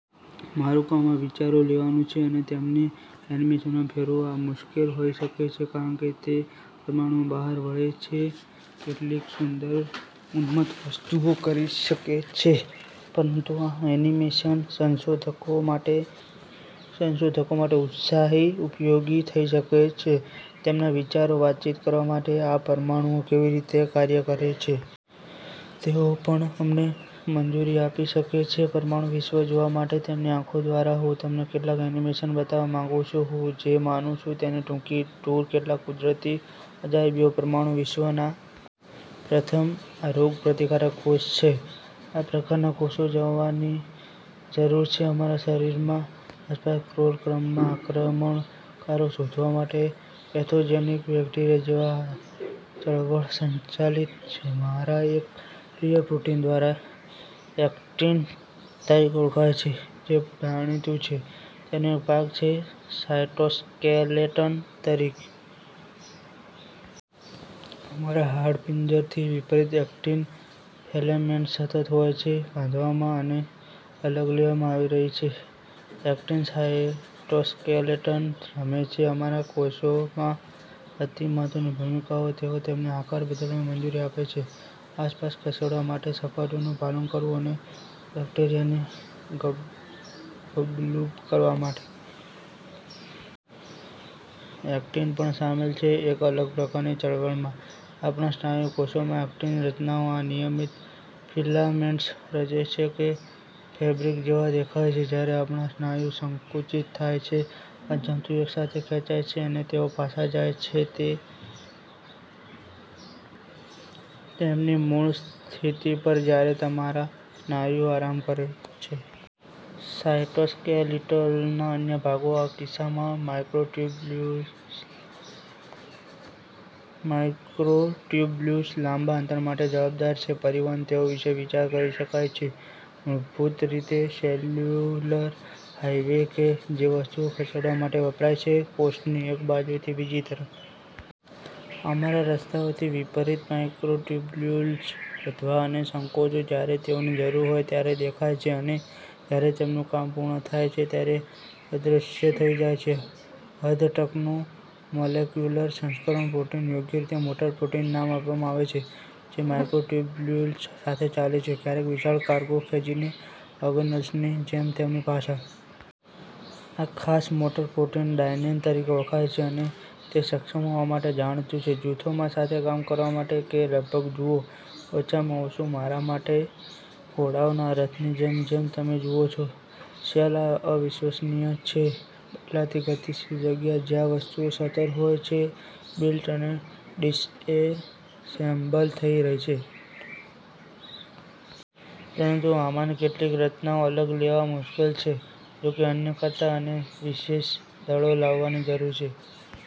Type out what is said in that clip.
મારું કામ આ વિચારો લેવાનું છે અને તેમને એનિમેશનમાં ફેરવો. આ મુશ્કેલ હોઈ શકે છે, કારણ કે તે પરમાણુઓ બહાર વળે છે કેટલીક સુંદર ઉન્મત્ત વસ્તુઓ કરી શકે છે. પરંતુ આ એનિમેશન સંશોધકો માટે ઉત્સાહી ઉપયોગી થઈ શકે છે તેમના વિચારો વાતચીત કરવા માટે આ પરમાણુઓ જેવી રીતે કાર્ય કરે છે. તેઓ પણ અમને મંજૂરી આપી શકે છે પરમાણુ વિશ્વ જોવા માટે તેમની આંખો દ્વારા. હું તમને કેટલાક એનિમેશન બતાવવા માંગું છું, હું જે માનું છું તેની ટૂંકી ટૂર કેટલાક કુદરતી અજાયબીઓ પરમાણુ વિશ્વના. પ્રથમ, આ રોગપ્રતિકારક કોષ છે. આ પ્રકારના કોષો જવાની જરૂર છે અમારા શરીરમાં આસપાસ ક્રોલ ક્રમમાં આક્રમણકારો શોધવા માટે પેથોજેનિક બેક્ટેરિયા જેવા. આ ચળવળ સંચાલિત છે મારા એક પ્રિય પ્રોટીન દ્વારા એક્ટિન તરીકે ઓળખાય છે, જે જાણીતું છે તેનો એક ભાગ છે સાયટોસ્કેલેટન તરીકે. અમારા હાડપિંજરથી વિપરીત, એક્ટિન ફિલેમેન્ટ્સ સતત હોય છે બાંધવામાં અને અલગ લેવામાં આવી રહી છે. એક્ટિન સાયટોસ્કેલેટન રમે છે અમારા કોષોમાં અતિ મહત્વની ભૂમિકાઓ. તેઓ તેમને આકાર બદલવાની મંજૂરી આપે છે, આસપાસ ખસેડવા માટે, સપાટીઓનું પાલન કરવું અને બેક્ટેરિયાને ગબ્લૂબ કરવા માટે. એક્ટિન પણ સામેલ છે એક અલગ પ્રકારની ચળવળમાં. આપણા સ્નાયુ કોષોમાં, એક્ટિન રચનાઓ આ નિયમિત ફિલામેન્ટ્સ રચે છે કે ફેબ્રિક જેવા દેખાય છે. જ્યારે આપણા સ્નાયુઓ સંકુચિત થાય છે, આ જંતુઓ એક સાથે ખેંચાય છે અને તેઓ પાછા જાય છે તેમની મૂળ સ્થિતિ પર જ્યારે તમારા સ્નાયુઓ આરામ કરે છે. સાયટોસ્કેલિટલના અન્ય ભાગો, આ કિસ્સામાં માઇક્રોટ્યુબ્યુલ્સ, લાંબા અંતર માટે જવાબદાર છે પરિવહન તેઓ વિશે વિચાર કરી શકાય છે મૂળભૂત રીતે સેલ્યુલર હાઇવે કે જે વસ્તુઓ ખસેડવા માટે વપરાય છે કોષની એક બાજુથી બીજી તરફ. અમારા રસ્તાઓથી વિપરીત, માઇક્રોટ્યુબ્યુલ્સ વધવા અને સંકોચો, જ્યારે તેઓની જરૂર હોય ત્યારે દેખાય છે અને જ્યારે તેમનું કામ પૂર્ણ થાય છે ત્યારે અદૃશ્ય થઈ જાય છે. અર્ધ ટ્રકનું મોલેક્યુલર સંસ્કરણ પ્રોટીન યોગ્ય રીતે મોટર પ્રોટીન નામ આપવામાં આવે છે, જે માઇક્રોટ્યુબ્યુલ્સ સાથે ચાલે છે, ક્યારેક વિશાળ કાર્ગો ખેંચીને, ઓર્ગેનેલ્સની જેમ, તેમની પાછળ. આ ખાસ મોટર પ્રોટીન ડાયનેન તરીકે ઓળખાય છે, અને તે સક્ષમ હોવા માટે જાણીતું છે જૂથોમાં સાથે કામ કરવા માટે કે લગભગ જુઓ, ઓછામાં ઓછું મારા માટે, ઘોડાઓના રથની જેમ. જેમ તમે જુઓ છો, સેલ આ અવિશ્વસનીય છે બદલાતી, ગતિશીલ જગ્યા, જ્યાં વસ્તુઓ સતત હોય છે બિલ્ટ અને ડિસએસેમ્બલ થઈ રહી છે. પરંતુ આમાંની કેટલીક રચનાઓ અલગ લેવા મુશ્કેલ છે જોકે, અન્ય કરતા. અને વિશેષ દળો લાવવાની જરૂર છે